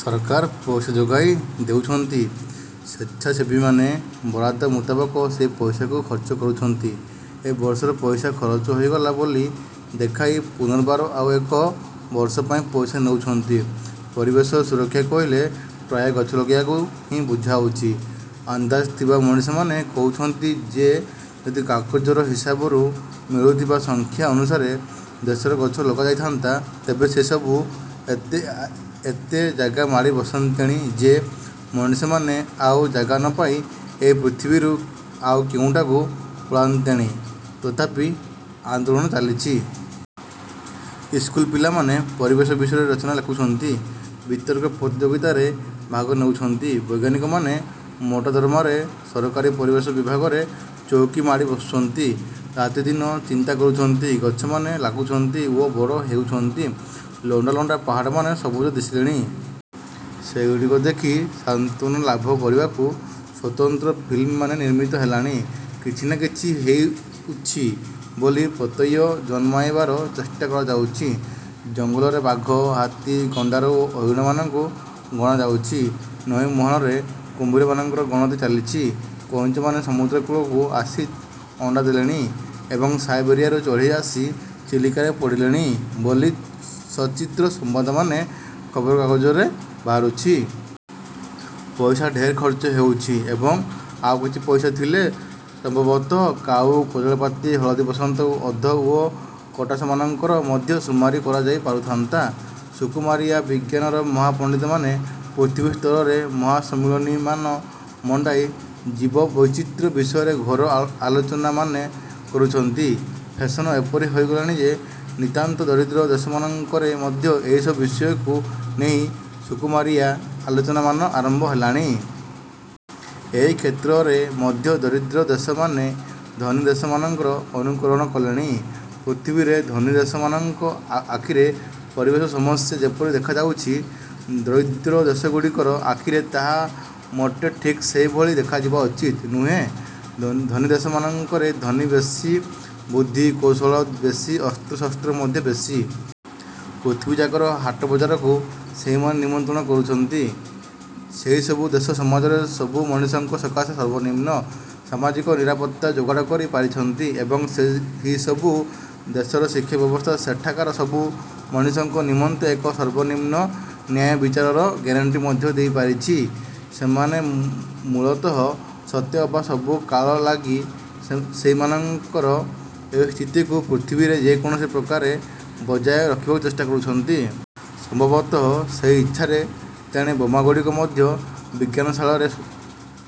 ସରକାର ପଇସା ଯୋଗାଇ ଦେଉଛନ୍ତି, ସେଚ୍ଛାସେବୀମାନେ ବରାଦ ମୁତାବକ ସେହି ପଇସାକୁ ଖର୍ଚ୍ଚ କରୁଛନ୍ତି। ଏବର୍ଷର ପଇସା ଖରଚ ହୋଇଗଲା ବୋଲି ଦେଖାଇ ପୁନର୍ବାର ଆଉ ଏକ ବର୍ଷ ପାଇଁ ପଇସା ନେଉଛନ୍ତି। ପରିବେଶ ସୁରକ୍ଷା କହିଲେ ପ୍ରାୟ ଗଛ ଲଗାଇବାକୁ ହିଁ ବୁଝାଉଛି। ଅନ୍ଦାଜ ଥିବା ମଣିଷମାନେ କହୁଛନ୍ତି ଯେ ଯଦି କାଗଜର ହିସାବରୁ ମିଳୁଥିବା ସଂଖ୍ୟା ଅନୁସାରେ ଦେଶରେ ଗଛ ଲଗାଯାଇଥାନ୍ତା, ତେବେ ସେସବୁ ଏତେ ଏତେ ଜାଗା ମାଡ଼ି ବସନ୍ତେଣି ଯେ, ମଣିଷମାନେ ଆଉ ଜାଗା ନପାଇ ଏହି ପୃଥିବୀରୁ ଆଉ କେଉଁଠାକୁ ପଳାନ୍ତେଣି, ତଥାପି ଆନ୍ଦୋଳନ ଚାଲିଛି। ଇସ୍କୁଲ ପିଲାମାନେ ପରିବେଶ ବିଷୟରେ ରଚନା ଲେଖୁଛନ୍ତି। ବିତର୍କ ପ୍ରତିଯୋଗିତାରେ ଭାଗ ନେଉଛନ୍ତି। ବୈଜ୍ଞାନିକମାନେ ମୋଟା ଦରମାରେ ସରକାରୀ ପରିବେଶ ବିଭାଗରେ ଚଉକୀ ମାଡ଼ି ବସୁଛନ୍ତି, ରାତି ଦିନ ଚିନ୍ତା କରୁଛନ୍ତି। ଗଛମାନେ ଲାଗୁଛନ୍ତି ଓ ବଡ଼ ହେଉଛନ୍ତି। ଲଣ୍ଡା ଲଣ୍ଡା ପାହାଡ଼ମାନେ ସବୁଜ ଦିଶିଲେଣି। ସେଗୁଡ଼ିକୁ ଦେଖି ସାନ୍ତ୍ୱନା ଲାଭ କରିବାକୁ ସ୍ୱତନ୍ତ୍ର ଫିଲ୍ମମାନ ନିର୍ମିତ ହେଲାଣି। କିଛି ନା କିଛି ହେଉଛି ବୋଲି ପ୍ରତ୍ୟୟ ଜନ୍ମାଇବାର ଚେଷ୍ଟା କରାଯାଉଛି। ଜଙ୍ଗଲରେ ବାଘ, ହାତୀ, ଗଣ୍ଡାର ଓ ହରିଣମାନଙ୍କୁ ଗଣାଯାଉଛି। ନଈମୁହାଣରେ କୁମ୍ଭୀରମାନଙ୍କର ଗଣତି ଚାଲିଛି। କଇଁଛମାନେ ସମୁଦ୍ର କୂଳକୁ ଆସି ଅଣ୍ଡା ଦେଲେଣି ଏବଂ ସାଇବେରିଆରୁ ଚଢ଼େଇ ଆସି ଚିଲିକାରେ ପଡ଼ିଲେଣି ବୋଲି ସଚିତ୍ର ସମ୍ବାଦମାନ ଖବରକାଗଜରେ ବାହାରୁଛି। ପଇସା ଢେର ଖର୍ଚ୍ଚ ହେଉଛି ଏବଂ ଆଉକିଛି ପଇସା ଥିଲେ ସମ୍ଭବତଃ କାଉ, କଜଳପାତି, ହଳଦୀବସନ୍ତ, ଓଧ ଓ କଟାସମାନଙ୍କର ମଧ୍ୟ ସୁମାରି କରାଯାଇ ପାରୁଥାନ୍ତା। ସୁକୁମାରିଆ ବିଜ୍ଞାନର ମହାପଣ୍ଡିତମାନେ ପୃଥିବୀ ସ୍ତରରେ ମହାସମ୍ମିଳନୀମାନ ମଣ୍ଡାଇ ଜୀବବୈଚିତ୍ର୍ୟ ବିଷୟରେ ଘୋର ଆଲୋଚନାମାନ କରୁଛନ୍ତି। ଫେଶନ ଏପରି ହୋଇଗଲାଣି ଯେ, ନିତାନ୍ତ ଦରିଦ୍ର ଦେଶମାନଙ୍କରେ ମଧ୍ୟ ଏହିସବୁ ବିଷୟକୁ ନେଇ ସୁକୁମାରିଆ ଆଲୋଚନାମାନ ଆରମ୍ଭ ହେଲାଣି। ଏହି କ୍ଷେତ୍ରରେ ମଧ୍ୟ ଦରିଦ୍ର ଦେଶମାନେ ଧନୀ ଦେଶମାନଙ୍କର ଅନୁକରଣ କଲେଣି। ପୃଥିବୀରେ ଧନୀ ଦେଶମାନଙ୍କ ଆଖିରେ ପରିବେଶ ସମସ୍ୟା ଯେପରି ଦେଖାଯାଉଛି, ଦରିଦ୍ର ଦେଶଗୁଡ଼ିକର ଆଖିରେ ତାହା ମୋଟେ ଠିକ୍ ସେହିଭଳି ଦେଖାଯିବା ଉଚିତ ନୁହେଁ। ଧନୀ ଦେଶମାନଙ୍କରେ ଧନୀ ବେଶୀ, ବୁଦ୍ଧି କୌଶଳ ବେଶୀ, ଅସ୍ତ୍ରଶସ୍ତ୍ର ମଧ୍ୟ ବେଶୀ। ପୃଥିବୀଯାକର ହାଟବଜାରକୁ ସେହିମାନେ ନିୟନ୍ତ୍ରଣ କରୁଛନ୍ତି। ସେହିସବୁ ଦେଶ ସମାଜରେ ସବୁ ମଣିଷଙ୍କ ସକାଶେ ସର୍ବନିମ୍ନ ସାମାଜିକ ନିରାପତ୍ତା ଯୋଗାଡ଼ କରି ପାରିଛନ୍ତି ଏବଂ ସେହିସବୁ ଦେଶର ଶିକ୍ଷାବ୍ୟବସ୍ଥା ସେଠାକାର ସବୁ ମଣିଷଙ୍କ ନିମନ୍ତେ ଏକ ସର୍ବନିମ୍ନ ନ୍ୟାୟବିଚାରର ଗ୍ୟାରେଣ୍ଟି ମଧ୍ୟ ଦେଇପାରିଛି। ସେମାନେ ମୂଳତଃ ସତେଅବା ସବୁ କାଳ ଲାଗି ସେଇମାନଙ୍କର ଏହି ସ୍ଥିତିଟିକୁ ପୃଥିବୀରେ ଯେକୌଣସି ପ୍ରକାରେ ବଜାୟ ରଖିବାକୁ ଚେଷ୍ଟା କରୁଛନ୍ତି। ସମ୍ଭବତଃ ସେହି ଇଚ୍ଛାରେ ତେଣେ ବୋମାଗୁଡ଼ିକୁ ମଧ୍ୟ ବିଜ୍ଞାନଶାଳରେ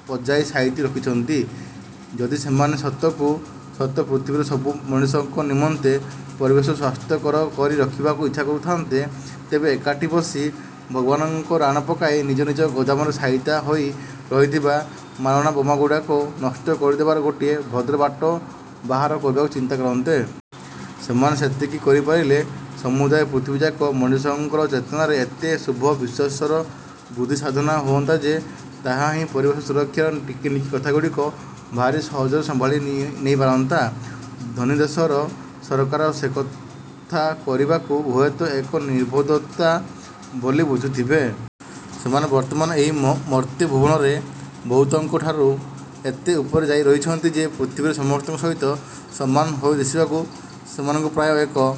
ପଜାଇ ସାଇତି ରଖିଛନ୍ତି। ଯଦି ସେମାନେ ସତକୁ ସତ ପୃଥିବୀର ସବୁ ମଣିଷଙ୍କ ନିମନ୍ତେ ପରିବେଶକୁ ସ୍ୱାସ୍ଥ୍ୟକର କରି ରଖିବାକୁ ଇଚ୍ଛା କରୁଥାନ୍ତେ, ତେବେ ଏକାଠି ବସି ଭଗବାନଙ୍କ ରାଣ ପକାଇ ନିଜ ନିଜ ଗୋଦାମରେ ସାଇତା ହୋଇ ରହିଥିବା ମାରଣା ବୋମାଗୁଡ଼ାକୁ ନଷ୍ଟ କରିଦେବାର ଗୋଟାଏ ଭଦ୍ର ବାଟ ବାହାର କରିବାକୁ ଚିନ୍ତା କରନ୍ତେ। ସେମାନେ ସେତିକି କରିପାରିଲେ ସମୁଦାୟ ପୃଥିବୀଯାକ ମଣିଷଙ୍କର ଚେତନାରେ ଏତେ ଏତେ ଶୁଭ ବିଶ୍ୱାସର ବୃଦ୍ଧିସାଧନ ହୁଅନ୍ତା ଯେ, ତାହା ହିଁ ପରିବେଶ ସୁରକ୍ଷାର ଟିକିନିଖି କଥାଗୁଡ଼ିକୁ ଭାରି ସହଜରେ ସମ୍ଭାଳି ନେଇପାରନ୍ତା। ଧନୀ ଦେଶର ସରକାରମାନେ ସେକଥା କରିବାକୁ ହୁଏତ ଏକ ନିର୍ବୋଧତା ବୋଲି ବୁଝୁଥିବେ। ସେମାନେ ବର୍ତ୍ତମାନ ଏହି ମର୍ତ୍ତ୍ୟଭୁବନରେ ବହୁତଙ୍କ ଠାରୁ ଏତେ ଉପରେ ଯାଇ ରହିଛନ୍ତି ଯେ ପୃଥିବୀରେ ସମସ୍ତଙ୍କ ସହିତ ସମାନ ହୋଇ ଦିଶିବାକୁ ସେମାନଙ୍କୁ ପ୍ରାୟ ଏକ